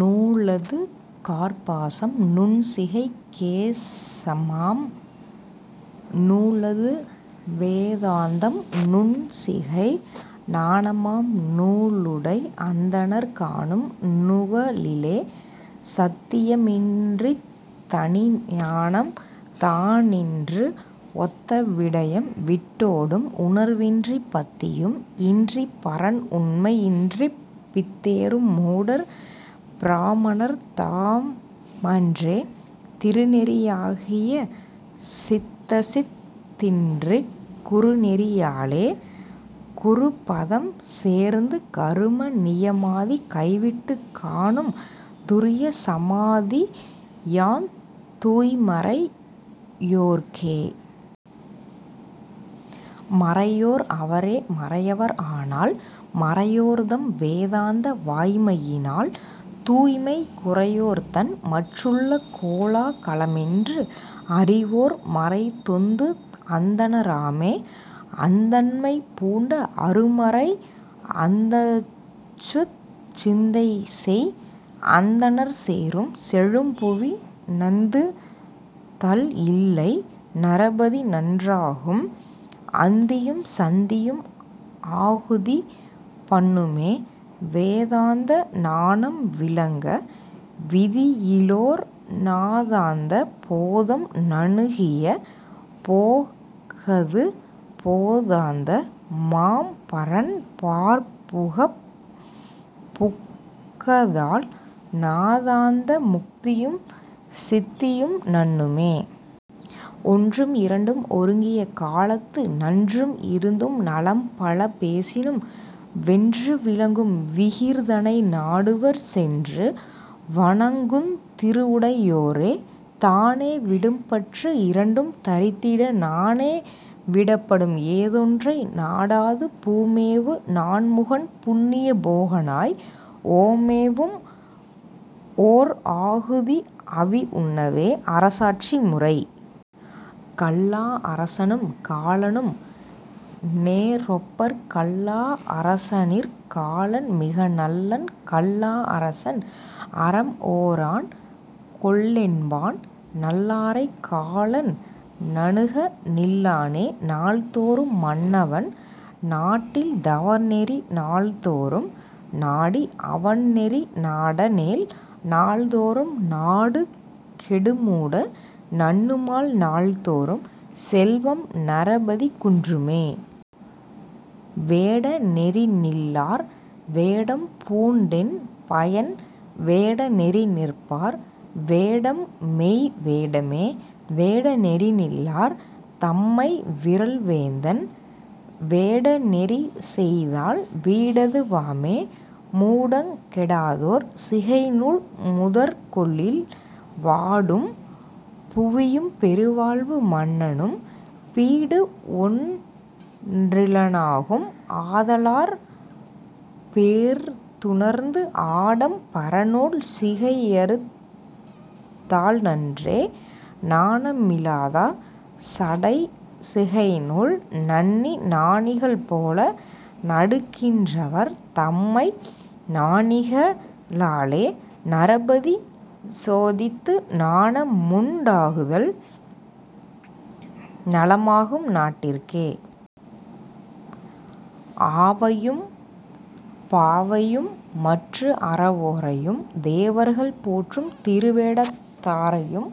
நூலது கார்ப்பாசம் நுண்சிகை கேசமாம் நூலது வேதாந்தம் நுண்சிகை ஞானமாம் நூலுடை அந்தணர் காணும் நுவலிலே. சத்தியம் இன்றித் தனிஞானம் தானின்றி ஒத்த விடயம்விட் டோ டும் உணர்வின்றிப் பத்தியும் இன்றிப் பரன் உண்மை யின்றிப் பித்தேறும் மூடர் பிராமணர் தாமன்றே. திருநெறி யாகிய சித்தசித் தின்றிக் குருநெறி யாலே குருபதம் சேர்ந்து கரும நியமாதி கைவிட்டுக் காணும் துரிய சமாதியாந் தூய்மறை யோர்க்கே. மறையோர் அவரே மறையவர் ஆனால் மறையோர்தம் வேதாந்த வாய்மையினால் தூய்மை குறையோர்தன் மற்றுள்ள கோலா கலமென்று அறிவோர் மறைதொந்து அந்தண ராமே. அந்தண்மை பூண்ட அருமறை அந்தத்துச் சிந்தைசெய் அந்தணர் சேரும் செழும்புவி நந்துதல் இல்லை நரபதி நன்றாகும் அந்தியும் சந்தியும் ஆகுதி பண்ணுமே. வேதாந்த ஞானம் விளங்க விதியிலோர் நாதாந்த போதம் நணுகிய போக்கது போதாந்த மாம்பரன் பாற்புகப் புக்கதால் நாதாந்த முத்தியும் சித்தியும் நண்ணுமே. ஒன்றும் இரண்டும் ஒருங்கிய காலத்து நன்றும் இருந்தும் நலம்பல பேசினும் வென்று விளங்கும் விகிர்தனை நாடுவர் சென்று வணங்குந் திருவுடை யோரே. தானே விடும்பற்று இரண்டும் தரித்திட நானே விடப்படும் ஏதொன்றை நாடாது பூமேவு நான்முகன் புண்ணிய போகனாய் ஓமேவும் ஓர்ஆ குதிஅவி உண்ணவே... அரசாட்சி முறை.. கல்லா அரசனும் காலனும் நேரொப்பர் கல்லா அரசனிற் காலன் மிகநல்லன் கல்லா அரசன் அறம் ஓரான் கொல்லென்பான் நல்லாரைக் காலன் நணுகநில் லானே. நாள்தோறும் மன்னவன் நாட்டில் தவநெறி நாள்தோறும் நாடி அவன்நெறி நாடானேல் நாள்தோறும் நாடு கெடுமூட நண்ணுமால் நாள்தோறும் செல்வம் நரபதி குன்றுமே. வேட நெறிநில்லார் வேடம்பூண் டென்பயன் வேட நெறிநிற்பார் வேடம்மெய் வேடமே வேட நெறிநில்லார் தம்மை விறல்வேந்தன் வேட நெறிசெய்தால் வீடது வாமே. மூடங் கெடாதோர் சிகைநூல் முதற்கொள்ளில் வாடும் புவியும் பெருவாழ்வு மன்னனும் பீடுஒன் றிலனாகும் ஆதலாற் பேர்த்துணர்ந்து ஆடம் பரநூல் சிகையறுத் தால்நன்றே. ஞானமி லாதார் சடைசிகை நூல்நண்ணி ஞானிகள் போல நடிக்கின் றவர் தம்மை ஞானிக ளாலே நரபதி சோதித்து ஞானமுண் டாக்குதல் நலமாகும் நாட்டிற்கே. ஆவையும் பாவையும் மற்றுஅற வோரையும் தேவர்கள் போற்றும் திருவேடத் தாரையும்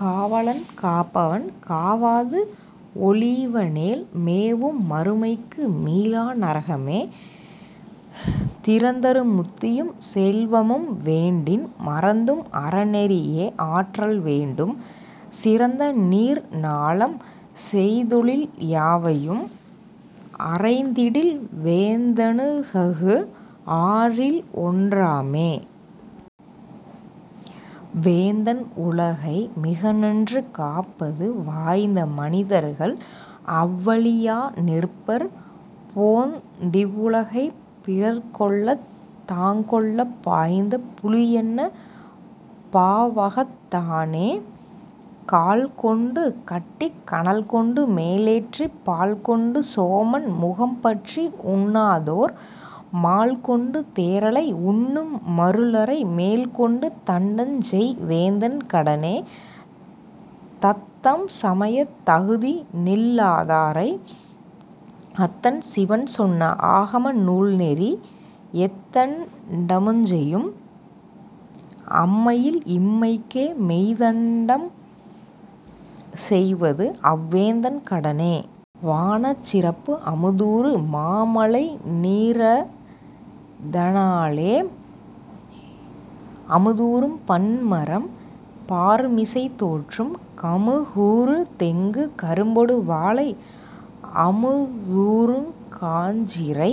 காவலன் காப்பவன் காவாது ஒழிவனேல் மேவும் மறுமைக்கு மீளா நரகமே. திறந்தரு முத்தியும் செல்வமும் வேண்டின் மறந்தும் அறநெறி யேஆற்றல் வேண்டும் சிறந்தநீர் ஞாலம் செய்தொழில் யாவையும் அறைந்திடில் வேந்தனுககு ஆறில் ஒன் றாமே. வேந்தன் உலகை மிகநன்று காப்பது வாய்ந்த மனிதர்கள் அவ்வழி யாநிற்பர் போந்திவ் வுலகைப் பிறர்க்கொள்ளத் தாங்கொள்ளப் பாய்ந்த புலியன்ன பாவகத் தானே. கால்கொண்டு கட்டிக் கனல்கொண்டு மேலேற்றிப் பால்கொண்டு சோமன் முகம்பற்றி உண்ணாதோர் மால்கொண்டு தேறலை உண்ணும் மருளரை மேல்கொண்டு தண்டஞ்செய் வேந்தன் கடனே. தத்தம்சமயத் தகுதிநில் லாதாரை அத்தன் சிவன் சொன்ன ஆகம நூல்நெறி எத்தண் டமுஞ்செயும் அம்மையில் இம்மைக்கே மெய்த்தண்டம் செய்வதுஅவ் வேந்தன் கடனே... வானச் சிறப்பு அமுதூறு மாமழை நீரத னாலே அமுதூறும் பன்மரம் பார்மிசை தோற்றும் கமுகூறு தெங்கு கரும்பொடு வாழை அமுதூறுங் காஞ்சிரை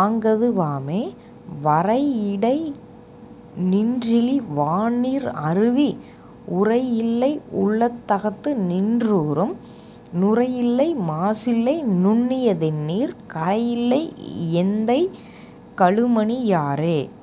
ஆங்கது வாமே. வரையிடை நின்றிழி வான்நீர் அருவி உரையில்லை உள்ளத் தகத்துநின் றூறும் நுரையில்லை மாசில்லை நுண்ணிய தெண்ணீர் கரையில்லை எந்தை கழுமணி யாறே...